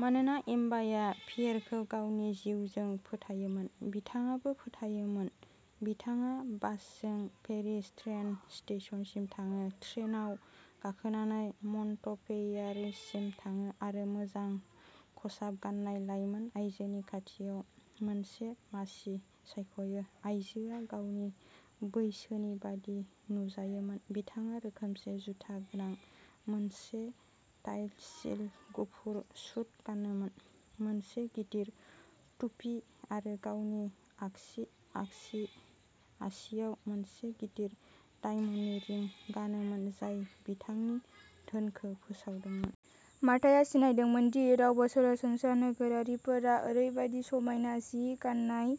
मानोना एम्माया पियेरखौ गावनि जिउजों फोथायोमोन, बिथाङाबो फोथायोमोन। बिथाङा बासजों पेरिस ट्रेन स्टेशनसिम थाङो, ट्रेनआव गाखोनानै मन्टपेलियारसिम थाङो, आरो मोजां खसाब गान्नाय लाइमोन आइजोनि खाथियाव मोनसे मासि सायख'यो। आयजोआ गावनि बैसोनि बायदि नुजायोमोन, बिथाङा रोखोमसे जुथा गोनां मोनसे टाइलिश गुफुर सुट गानोमोन, मोनसे गिदिर टुपि, आरो गावनि आगसि आसि आसिआव मोनसे गिदिर डायमन्डनि रिं गानोमोन जाय बिथांनि धोनखौ फोसावदोंमोन। मार्ताया सिनायदोंमोन दि रावबो सरासनस्रा नोगोरारिफोरा ओरैबायदि समायना जि गान्नाय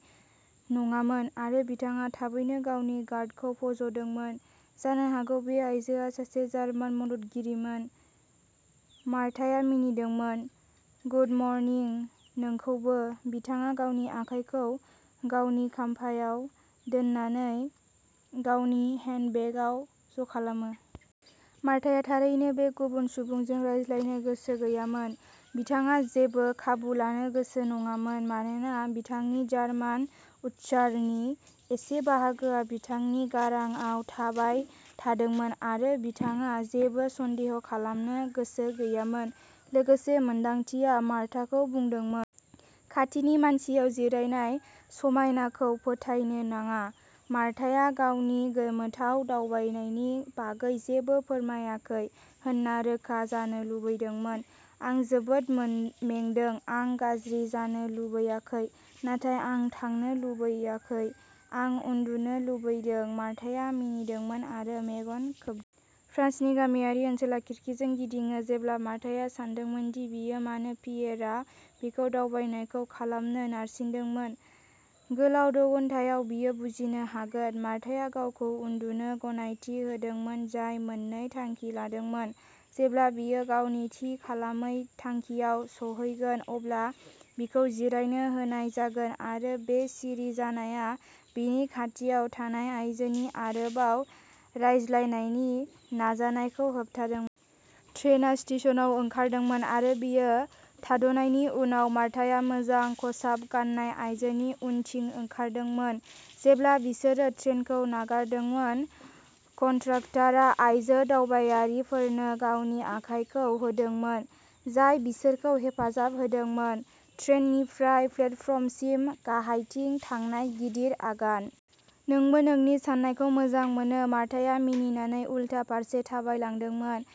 नङामोन, आरो बिथाङा थाबैनो गावनि गार्डखौ फज'दोंमोन। जानो हागौ बे आइजोआ सासे जार्मान मददगिरिमोन। मार्ताया मिनिदोंमोन। गुड मर्निं, नोंखौबो। बिथाङा गावनि आखाइखौ गावनि खप्पायाव दोननानै गावनि हेन्डबेगआव ज' खालामो। मार्ताया थारैनो बे गुबुन सुबुंजों रायज्लायनो गोसो गैयामोन। बिथाङा जेबो खाबु लानो गोसो नङामोन मानोना बिथांनि जार्मान उच्चारणनि एसे बाहागोआ बिथांनि गारांआव थाबाय थादोंमोन, आरो बिथाङा जेबो सन्देह खालामनो गोसो गैयामोन। लोगोसे, मोनदांथिया मार्ताखौ बुंदोंमोन। खाथिनि मासिआव जिरायनाय समायनाखौ फोथायनो नाङा। मार्ताया गावनि गोमोथाव दावबायनायनि बागै जेबो फोरमायाखै होनना रोखा जानो लुबैदोंमोन। आं जोबोद मेंदों। आं गाज्रि जानो लुबैयाखै, नाथाय आं थांनो लुबैयाखै। आं उन्दुनो लुबैदों। मार्ताया मिनिदोंमोन आरो मेगन खोबदोंमोन। फ्रान्सनि गामियारि ओनसोला खिरखिजों गिदिङो जेब्ला मार्ताया सानदोंमोन दि बियो मानो पियेरआ बिखौ बे दावबायनायखौ खालामनो नारसिनदोंमोन। गोलाव द' घन्टायाव, बियो बुजिनो हागोन। मार्ताया गावखौ उन्दुनो गनायथि होदोंमोन जाय मोननै थांखि लादोंमोन। जेब्ला बियो गावनि थि खालामै थांखिआव सौहैगोन अब्ला बिखौ जिरायनो होनाय जागोन, आरो बे सिरि जानाया बिनि खाथियाव थानाय आइजोनि आरोबाव रायज्लायनायनि नाजानायखौ होबथादोंमोन। ट्रेनआ स्टेशनआव ओंखारदोंमोन, आरो बेयो थाद'नायनि उनाव, मार्ताया मोजां खसाब गान्नाय आइजोनि उनथिं ओंखारदोंमोन। जेब्ला बिसोरो ट्रेनखौ नागारदोंमोन, कन्डाकटारा आयजो दावबायारिफोरनो गावनि आखायखौ होदोंमोन, जाय बिसोरखौ हेफाजाब होदोंमोन। ट्रेननिफ्राय प्लेटफर्मसिम गाहायथिं थांनाय गिदिर आगान। नोंबो नोंनि सानखौ मोजां मोनो। मार्ताया मिनिनानै उलथा फारसे थाबायलांदोंमोन।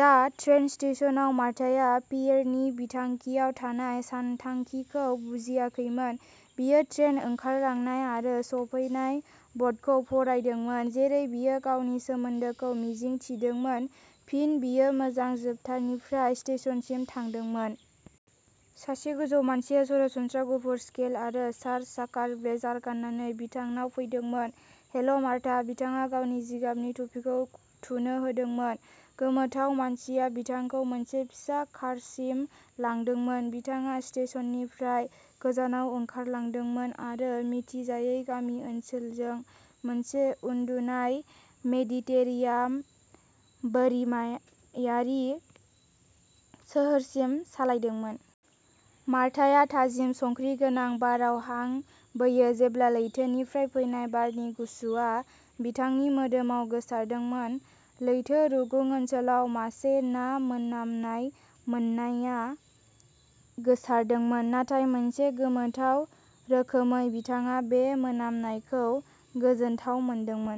दा ट्रेन स्टेशनआव मार्ताया पियेरनि बिथांखियाव थानाय सानथांखिखौ बुजियाखैमोन। बियो ट्रेन ओंखारलांनाय आरो सफैनाय बर्डखौ फरायदोंमोन, जेरै बियो गावनि सोमोन्दोखौ मिजिं थिदोंमोन। फिन बियो मोनसे जोबथानिफ्राय स्टेशनसिम थाबायदोंमोन। सासे गोजौ मानसिया सरासनस्रा गुफुर स्लेक आरो सार्च-साकार ब्लेजार गाननानै बिथांनाव फैदोंमोन। Hello, Marta. बिथाङा गावनि जिगाबनि टुपिखौ थुनो होदोंमोन। गोमोथाव मानसिया बिथांखौ मोनसे फिसा कारसिम लांदोंमोन। बिथाङा स्टेशननिफ्राय गोजानाव ओंखारलांदोंमोन आरो मिथिजायै गामि ओनसोलजों मोनसे उन्दुनाय मेडिटेरेनियान बोरिमायारि सोहोरसिम सालायदोंमोन। मार्ताया थाजिम संख्रि गोनां बाराव हां बोयो जेब्ला लैथोनिफ्राय फैनाय बारनि गुसुआ बिथांनि मोदोमाव गोसारदोंमोन। लैथो रुगुं ओनसोलाव मासे ना मोनामनाय मोनामनाया गोसारदोंमोन, नाथाय मोनसे गोमोथाव रोखोमै, बिथाङा बे मोनामनायखौ गोजोनथाव मोनदोंमोन।